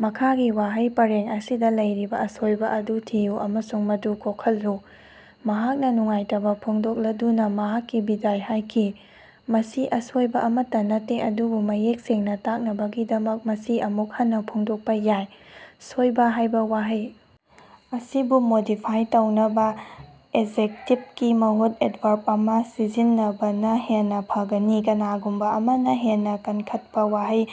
ꯃꯈꯥꯒꯤ ꯋꯥꯍꯩ ꯄꯔꯦꯡ ꯑꯁꯤꯗ ꯂꯩꯔꯤꯕ ꯑꯁꯣꯏꯕ ꯑꯗꯨ ꯊꯤꯌꯨ ꯑꯃꯁꯨꯡ ꯃꯗꯨ ꯀꯣꯛꯍꯜꯂꯨ꯫ ꯃꯍꯥꯛꯅ ꯅꯨꯡꯉꯥꯏꯇꯕ ꯐꯣꯡꯗꯣꯛꯂꯗꯨꯅ ꯃꯍꯥꯛꯀꯤ ꯕꯤꯗꯥꯏ ꯍꯥꯏꯈꯤ꯫ ꯃꯁꯤ ꯑꯁꯣꯏꯕ ꯑꯃꯠꯇꯥ ꯅꯠꯇꯦ, ꯑꯗꯨꯕꯨ ꯃꯌꯦꯛ ꯁꯦꯡꯅ ꯇꯥꯛꯅꯕꯒꯤꯗꯃꯛ ꯃꯁꯤ ꯑꯃꯨꯛ ꯍꯟꯅ ꯐꯣꯡꯗꯣꯛꯄ ꯌꯥꯏ꯫ ꯁꯣꯏꯕ ꯍꯥꯏꯕ ꯋꯥꯍꯩ ꯑꯁꯤꯕꯨ ꯃꯣꯗꯤꯐꯥꯏ ꯇꯧꯅꯕ ꯑꯦꯖꯦꯛꯇꯤꯚꯀꯤ ꯃꯍꯨꯠꯇ ꯑꯦꯗꯚꯔꯕ ꯑꯃ ꯁꯤꯖꯤꯟꯅꯕꯅꯥ ꯍꯦꯟꯅ ꯐꯒꯅꯤ꯫ ꯀꯅꯥꯒꯨꯝꯕ ꯑꯃꯅ ꯍꯦꯟꯅ ꯀꯟꯈꯠꯄ ꯋꯥꯍꯩ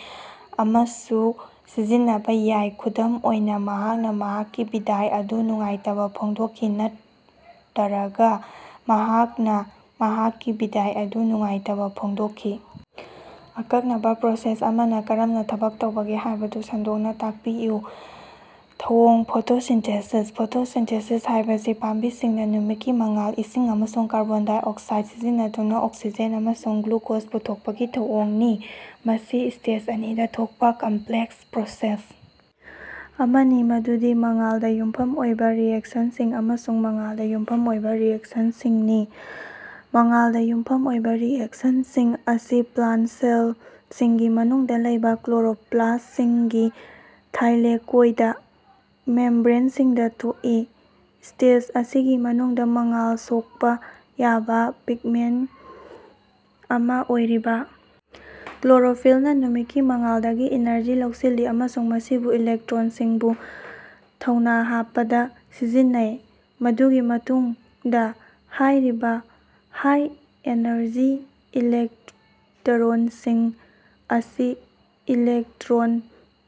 ꯑꯃꯁꯨ ꯁꯤꯖꯤꯟꯅꯕꯥ ꯌꯥꯏ, ꯈꯨꯗꯝ ꯑꯣꯏꯅꯥ, ꯃꯍꯥꯛꯅ ꯃꯍꯥꯛꯀꯤ ꯕꯤꯗꯥꯏ ꯑꯗꯨ ꯅꯨꯡꯉꯥꯏꯇꯕꯥ ꯐꯣꯡꯗꯣꯛꯈꯤ ꯅꯠꯇꯔꯒ ꯃꯍꯥꯛꯅ‌ ꯃꯍꯥꯛꯀꯤ ꯕꯤꯗꯥꯏ ꯑꯗꯨ ꯅꯨꯡꯉꯥꯏꯇꯕꯥ ꯐꯣꯡꯗꯣꯛꯈꯤ꯫ ꯑꯀꯛꯅꯕꯥ ꯄ꯭ꯔꯣꯁꯦꯁ ꯑꯃꯅ ꯀꯔꯝꯅ ꯊꯕꯛ ꯇꯧꯕꯒꯦ ꯍꯥꯏꯕꯗꯨ ꯁꯟꯗꯣꯛꯅ ꯇꯥꯛꯄꯤꯌꯨ꯫ ꯊꯧꯑꯣꯡ - ꯐꯣꯇꯣꯁꯤꯟꯊꯦꯁꯤꯁ, ꯐꯣꯇꯣꯁꯤꯟꯊꯦꯁꯤꯁ ꯍꯥꯏꯕꯁꯤ ꯄꯥꯝꯕꯤꯁꯤꯡꯅ ꯅꯨꯃꯤꯠꯀꯤ ꯃꯉꯥꯜ, ꯏꯁꯤꯡ ꯑꯃꯁꯨꯡ ꯀꯥꯔꯕꯣꯟ ꯗꯥꯏꯑꯣꯛꯁꯥꯏꯗ ꯁꯤꯖꯤꯟꯅꯗꯨꯅ ꯑꯣꯛꯁꯤꯖꯦꯟ ꯑꯃꯁꯨꯡ ꯒ꯭ꯂꯨꯀꯣꯖ ꯄꯨꯊꯣꯛꯄꯒꯤ ꯊꯧꯑꯣꯡꯅꯤ꯫ ꯃꯁꯤ ꯁ꯭ꯇꯦꯖ ꯑꯅꯤꯗ ꯊꯣꯛꯄ ꯀꯝꯄ꯭ꯂꯦꯛꯁ ꯄ꯭ꯔꯣꯁꯦꯁ ꯑꯃꯅꯤ, ꯃꯗꯨꯗꯤ ꯃꯉꯥꯜꯗ ꯌꯨꯝꯐꯝ ꯑꯣꯏꯕ ꯔꯤꯑꯦꯛꯁꯟꯁꯤꯡ ꯑꯃꯁꯨꯡ ꯃꯉꯥꯜꯗ ꯌꯨꯝꯐꯝ ꯑꯣꯏꯕ ꯔꯤꯑꯦꯛꯁꯟꯁꯤꯡꯅꯤ꯫ ꯃꯉꯥꯜꯗ ꯌꯨꯝꯐꯝ ꯑꯣꯏꯕ ꯔꯤꯑꯦꯛꯁꯟꯁꯤꯡ ꯑꯁꯤ ꯄ꯭ꯂꯥꯟꯇ ꯁꯦꯜꯁꯤꯡꯒꯤ ꯃꯅꯨꯡꯗ ꯂꯩꯕ ꯀ꯭ꯂꯣꯔꯣꯞꯂꯥꯁ꯭ꯇꯁꯤꯡꯒꯤ ꯊꯥꯏꯂꯦꯀꯣꯏꯗ ꯃꯦꯝꯕ꯭ꯔꯦꯟꯁꯤꯡꯗ ꯊꯣꯛꯏ꯫ ꯁ꯭ꯇꯦꯖ ꯑꯁꯤꯒꯤ ꯃꯅꯨꯡꯗ, ꯃꯉꯥꯜ ꯁꯣꯛꯄ ꯌꯥꯕ ꯄꯤꯒꯃꯦꯟꯇ ꯑꯃ‌ ꯑꯣꯏꯔꯤꯕ‌ ꯀ꯭ꯂꯣꯔꯣꯐꯤꯜꯅ ꯅꯨꯃꯤꯠꯀꯤ ꯃꯉꯥꯜꯗꯒꯤ ꯏꯅꯔꯖꯤ ꯂꯧꯁꯤꯜꯂꯤ ꯑꯃꯁꯨꯡ ꯃꯁꯤꯕꯨ ꯏꯂꯦꯛꯇ꯭ꯔꯣꯟꯁꯤꯡꯕꯨ ꯊꯧꯅ ꯍꯥꯞꯄꯗ ꯁꯤꯖꯤꯟꯅꯩ꯫ ꯃꯗꯨꯒꯤ ꯃꯇꯨꯡꯗ ꯍꯥꯏꯔꯤꯕ ꯍꯥꯏ-ꯑꯦꯅꯔꯖꯤ ꯏꯂꯦꯛꯇꯔꯣꯟꯁꯤꯡ ꯑꯁꯤ ꯏꯂꯦꯛꯇ꯭ꯔꯣꯟ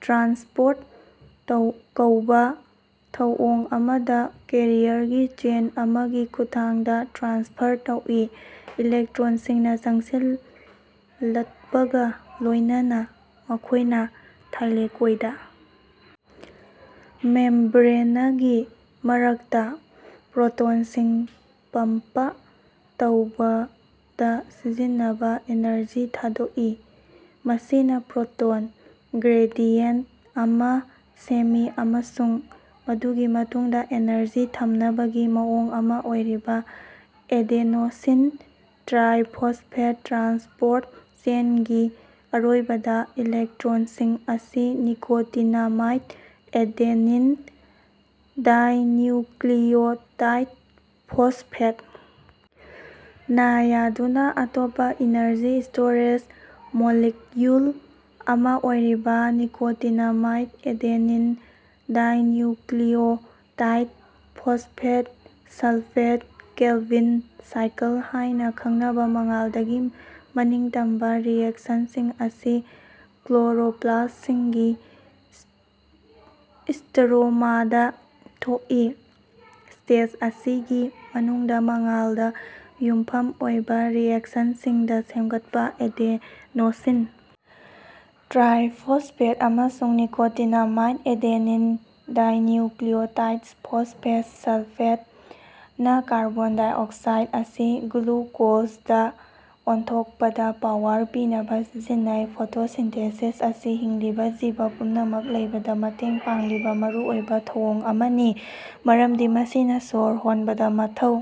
ꯇ꯭ꯔꯥꯟꯁꯄꯣꯔꯠ ꯀꯧꯕ ꯊꯧꯑꯣꯡ ꯑꯃꯗ ꯀꯦꯔꯤꯌꯔꯒꯤ ꯆꯦꯟ ꯑꯃꯒꯤ ꯈꯨꯠꯊꯥꯡꯗ ꯇ꯭ꯔꯥꯟꯁꯐꯔ ꯇꯧꯏ꯫ ꯏꯂꯦꯛꯇ꯭ꯔꯣꯟꯁꯤꯡꯅ ꯆꯪꯁꯤꯜꯂꯠꯄꯒꯥ ꯂꯣꯏꯅꯅꯥ ꯃꯈꯣꯏꯅ ꯊꯥꯏꯂꯦꯀꯣꯏꯗ ꯃꯦꯝꯕ꯭ꯔꯦꯅꯒꯤ ꯃꯔꯛꯇꯥ ꯄ꯭ꯔꯣꯇꯣꯟꯁꯤꯡ ꯄꯝꯄ ꯇꯧꯕꯗ ꯁꯤꯖꯤꯟꯅꯕꯥ ꯏꯅꯔꯖꯤ ꯊꯥꯗꯣꯛꯏ, ꯃꯁꯤꯅ ꯄ꯭ꯔꯣꯇꯣꯟ ꯒ꯭ꯔꯦꯗꯤꯌꯦꯟꯇ ꯑꯃ ꯁꯦꯝꯃꯤ ꯑꯃꯁꯨꯡ ꯃꯗꯨꯒꯤ ꯃꯇꯨꯡꯗ ꯑꯦꯅꯔꯖꯤ ꯊꯝꯅꯕꯒꯤ ꯃꯑꯣꯡ ꯑꯃ ꯑꯣꯏꯔꯤꯕ ꯑꯦꯗꯦꯅꯣꯁꯤꯟ ꯇ꯭ꯔꯥꯏ ꯐꯣꯁꯐꯦꯠ ꯇ꯭ꯔꯥꯟꯁꯄꯣꯔꯠ ꯆꯦꯟꯒꯤ ꯑꯔꯣꯏꯕꯗꯥ, ꯏꯂꯦꯛꯇ꯭ꯔꯣꯟꯁꯤꯡ ꯑꯁꯤ ꯅꯤꯀꯣꯇꯤꯅꯥꯃꯥꯏꯠ ꯑꯦꯗꯦꯅꯤꯟ ꯗꯥꯏꯅ꯭ꯌꯨꯀ꯭ꯂꯤꯌꯣꯇꯥꯏꯗ ꯐꯣꯁꯐꯦꯠ ꯅꯥ ꯌꯥꯗꯨꯅ ꯑꯇꯣꯞꯄꯥ ꯏꯅꯔꯖꯤ ꯁ꯭ꯇꯣꯔꯦꯖ ꯃꯣꯂꯤꯛꯌꯨꯜ ꯑꯃ ꯑꯣꯏꯔꯤꯕ nicotinamide adenine dinucleotide phosphate -sulphate Calvin cycle ꯍꯥꯏꯅ ꯈꯪꯅꯕ ꯃꯉꯥꯜꯗꯒꯤ ꯃꯅꯤꯡꯇꯝꯕ ꯔꯤꯑꯦꯛꯁꯟꯁꯤꯡ ꯑꯁꯤ ꯀ꯭ꯂꯣꯔꯣꯄ꯭ꯂꯥꯁꯇꯁꯤꯡꯒꯤ ꯁ꯭ꯇꯔꯣꯃꯥꯗꯥ ꯊꯣꯛꯏ꯫ ꯁ꯭ꯇꯦꯖ ꯑꯁꯤꯒꯤ ꯃꯅꯨꯡꯗ ꯃꯉꯥꯜꯗ ꯌꯨꯝꯐꯝ ꯑꯣꯏꯕ ꯔꯤꯑꯦꯛꯁꯟꯁꯤꯡꯗ ꯁꯦꯝꯒꯠꯄ ꯑꯦꯗꯦꯅꯣꯁꯤ‌ꯟ ꯇ꯭ꯔꯥꯏ ꯐꯣꯁꯐꯦꯠ ꯑꯃꯁꯨꯡ nicotinamide adenine dinucleotide phosphate -sulphate ꯅꯥ ꯀꯥꯔꯕꯣꯟ ꯗꯥꯏꯑꯣꯛꯁꯥꯏꯗ ꯑꯁꯤ ꯒ꯭ꯂꯨꯀꯣꯖꯗꯥ ꯑꯣꯟꯊꯣꯛꯄꯗꯥ ꯄꯥꯋꯔ ꯄꯤꯅꯕꯥ ꯁꯤꯖꯤꯟꯅꯩ꯫ ꯐꯣꯇꯣꯁꯤꯟꯊꯦꯁꯤꯁ ꯑꯁꯤ ꯍꯤꯡꯂꯤꯕ ꯖꯤꯕ ꯄꯨꯝꯅꯃꯛ ꯂꯩꯕꯗ ꯃꯇꯦꯡ ꯄꯥꯡꯂꯤꯕ ꯃꯔꯨꯑꯣꯏꯕ ꯊꯧꯑꯣꯡ ꯑꯃꯅꯤ, ꯃꯔꯝꯗꯤ ꯃꯁꯤꯅ ꯁꯣꯔ ꯍꯣꯟꯕꯗ ꯃꯊꯧ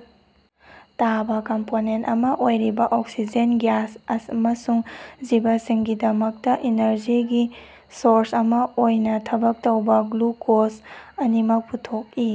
ꯇꯥꯕ ꯀꯝꯄꯣꯅꯦꯟꯇ ꯑꯃ ꯑꯣꯏꯔꯤꯕ ꯑꯣꯛꯁꯤꯖꯦꯟ ꯒ꯭ꯌꯥꯁ ꯑꯃꯁꯨꯡ ꯖꯤꯕꯁꯤꯡꯒꯤꯗꯃꯛꯇ ꯏꯅꯔꯖꯤꯒꯤ ꯁꯣꯔꯁ ꯑꯃ ꯑꯣꯏꯅ ꯊꯕꯛ ꯇꯧꯕ ꯒ꯭ꯂꯨꯀꯣꯖ ꯑꯅꯤꯃꯛ ꯄꯨꯊꯣꯛꯏ꯫